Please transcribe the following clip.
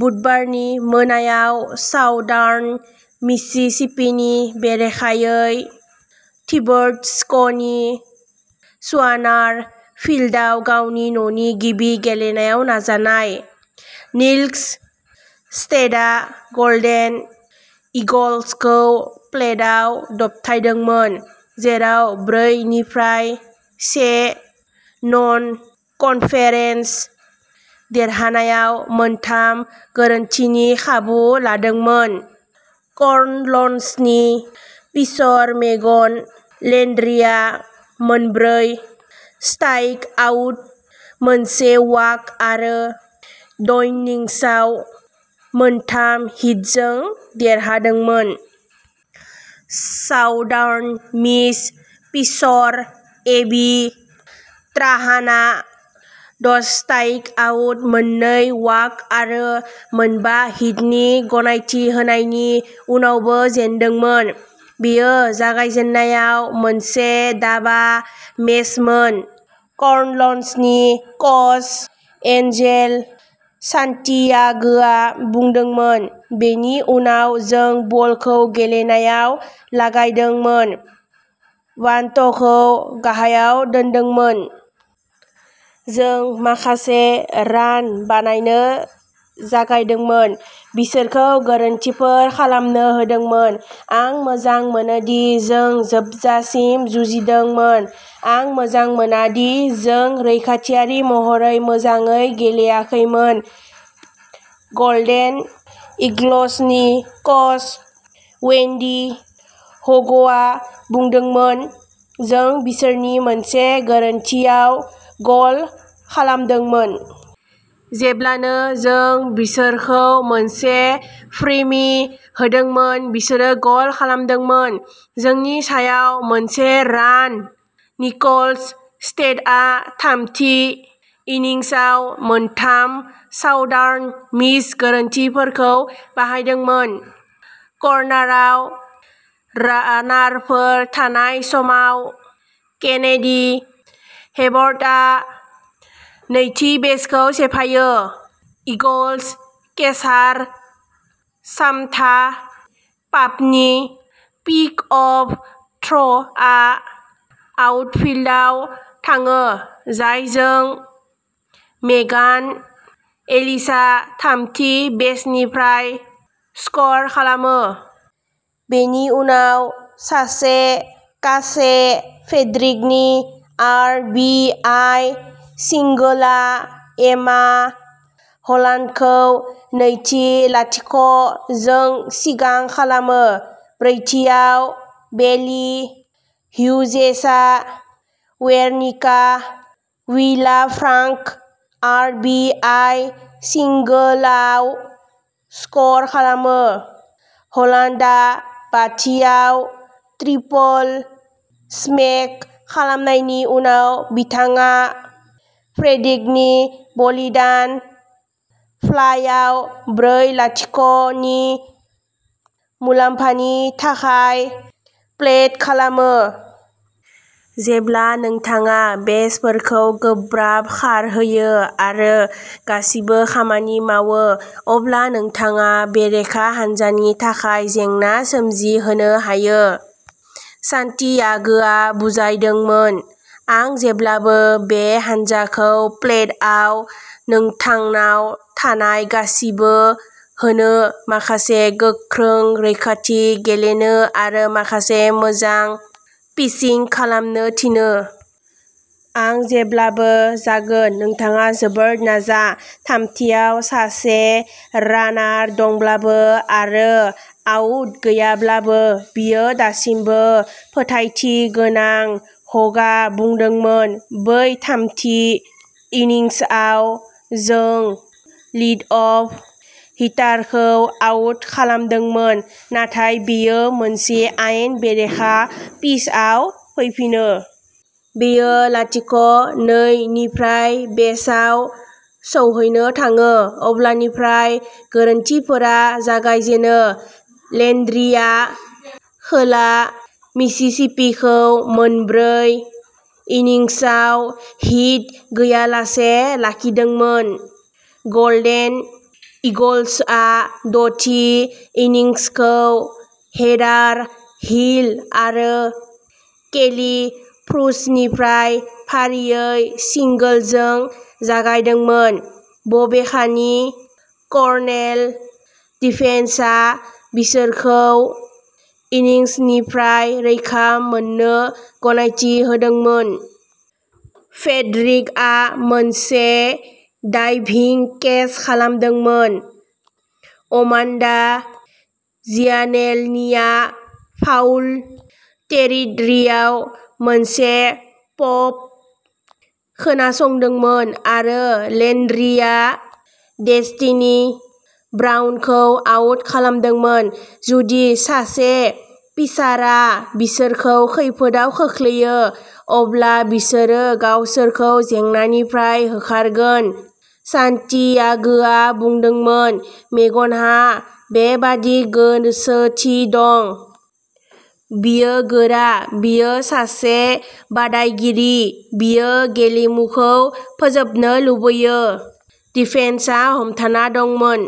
बुधबारनि मोनायाव साउदार्न मिसिसिपिनि बेरेखायै थिबोड'क्सनि स्वानार फील्डआव गावनि न'नि गिबि गेलेनायाव नाजानाय। निकल्स स्टेटआ गल्डेन ईगल्सखौ प्लेटआव दबथायदोंमोन, जेराव ब्रै निफ्राय से नन कन्फेरेन्स देरहानायाव मोनथाम गोरोन्थिनि खाबु लादोंमोन। कर्नल्सनि पिचर मेगन लेन्ड्रिआ मोनब्रै स्ट्राइकआउट, मोनसे वाक आरो द'इन्निंसआव मोनथाम हिटजों देरहादोंमोन। साउदार्न मिस पिचर एबि ट्राहानआ द'स्ट्राइकआउट, मोननै वाक आरो मोनबा हिटनि गनायथि होनायनि उनावबो जेनदोंमोन। बेयो जागायजेननायाव मोनसे दाबा मेचमोन कर्नल्सनि कच एन्जेल सान्टियागोआ बुंदोंमोन। बेनि उनाव जों बलखौ गेलेनायाव लागायदोंमोन, बान्टखौ गाहायाव दोनदोंमोन। जों माखासे रान बानायनो जागायदोंमोन, बिसोरखौ गोरोन्थिफोर खालामनो होदोंमोन। आं मोजां मोनोदि जों जोबजासिम जुजिदोंमोन। आं मोजां मोना दि जों रैखाथियारि महरै मोजाङै गेलेयाखैमोन गल्डेन ईगल्सनि कच वेन्डी ह'गआ बुंदोंमोन। जों बिसोरनि मोनसे गोरोन्थिआव गल खालामदोंमोन। जेब्लानो जों बिसोरखौ मोनसे फ्रीबी होदोंमोन, बिसोरो गल खालामदोंमोन। जोंनि सायाव मोनसे रान निकल्स स्टेटआ थामथि इन्निंसआव मोनथाम साउदार्न मिस गोरोन्थिफोरखौ बाहायदोंमोन। कर्नारआव रानारफोर थानाय समाव, केनेडी हेबर्टआ नैथि बेसखौ सेफायो। ईगल्स केचार सामन्था पापनि पिकअफ थ्र'आ आउटफील्डआव थाङो, जायजों मेगान एलिसआ थामथि बेसनिफ्राय स्क'र खालामो। बेनि उनाव सासे कासे फ्रेड्रिक नि आर बि आइ सिंगोलआ एमा हलान्डखौ नै लाथिक' जों सिगां खालामो। ब्रैथिआव, बेली ह्यूजेसआ वेरनिका विलाफ्रांक' आर बि आइ सिंगोलआव स्क'र खालामो। हलान्डआ बाथिआव ट्रिपल स्मेक खालामनायनि उनाव, बिथाङा फ्रेडेरिकनि बलिदान फ्लाइआव ब्रै लाथिक' नि मुलाम्फानि थाखाय प्ले'ट खालामो। जेब्ला नोंथाङा बेसफोरखौ गोब्राब खारहोयो आरो गासिबो खामानि मावो, अब्ला नोंथाङा बेरेखा हान्जानि थाखाय जेंना सोमजिहोनो हायो सान्टियागोआ बुजायदोंमोन। आं जेब्लाबो बे हान्जाखौ प्लेटआव नोंथांनाव थानाय गासिबो होनो, माखासे गोख्रों रैखाथि गेलेनो आरो माखासे मोजां पिचिंग खालामनो थिनो। आं जेब्लाबो जागोन। नोंथाङा जोबोद नाजा। थामथिआव सासे रानार दंब्लाबो आरो आउट गैयाब्लाबो, बियो दासिमबो फोथायथि गोनां हगआ बुंदोंमोन। बै थामथि इन्निंसआव, जों लिडअफ हिटारखौ आउट खालामदोंमोन, नाथाय बेयो मोनसे आयेन बेरेखा पिचआव फैफिनो। बियो लाथिक' नै निफ्राय बेसआव सौहैनो थाङो। अब्लानिफ्राय गोरोन्थिफोरा जागायजेनो। लेन्ड्रिआ खोला मिसिसिपिखौ मोनब्रै इन्निंसआव हिट गैयालासे लाखिदोंमोन। गल्डेन ईगल्सआ द'थि इन्निंसखौ हेदार हिल आरो केली फ्रुजनिफ्राय फारियै सिंगोलजों जागायदोंमोन। बबेखानि कर्नेल डिफेन्सआ बिसोरखौ इनिंसनिफ्राय रैखा मोननो गनायथि होदोंमोन। फ्रेडरिकआ मोनसे डाइभिं केच खालामदोंमोन, अमान्डा जियानेल'नीआ फाउल टेरिट'रिआव मोनसे पप खोनासंदोंमोन आरो लेन्ड्रिआ डेस्टिनी ब्राउनखौ आउट खालामदोंमोन। जुदि सासे पिचारआ बिसोरखौ खैफोदआव खोख्लैयो, अब्ला बिसोरो गावसोरखौ जेंनानिफ्राय होखारगोन सान्टियागोआ बुंदोंमोन। मेगनहा बेबादि गोसोथि दं। बियो गोरा, बियो सासे बादायगिरि बियो गेलेमुखौ फोजोबनो लुबैयो। डिफेन्सआ हमथाना दंमोन।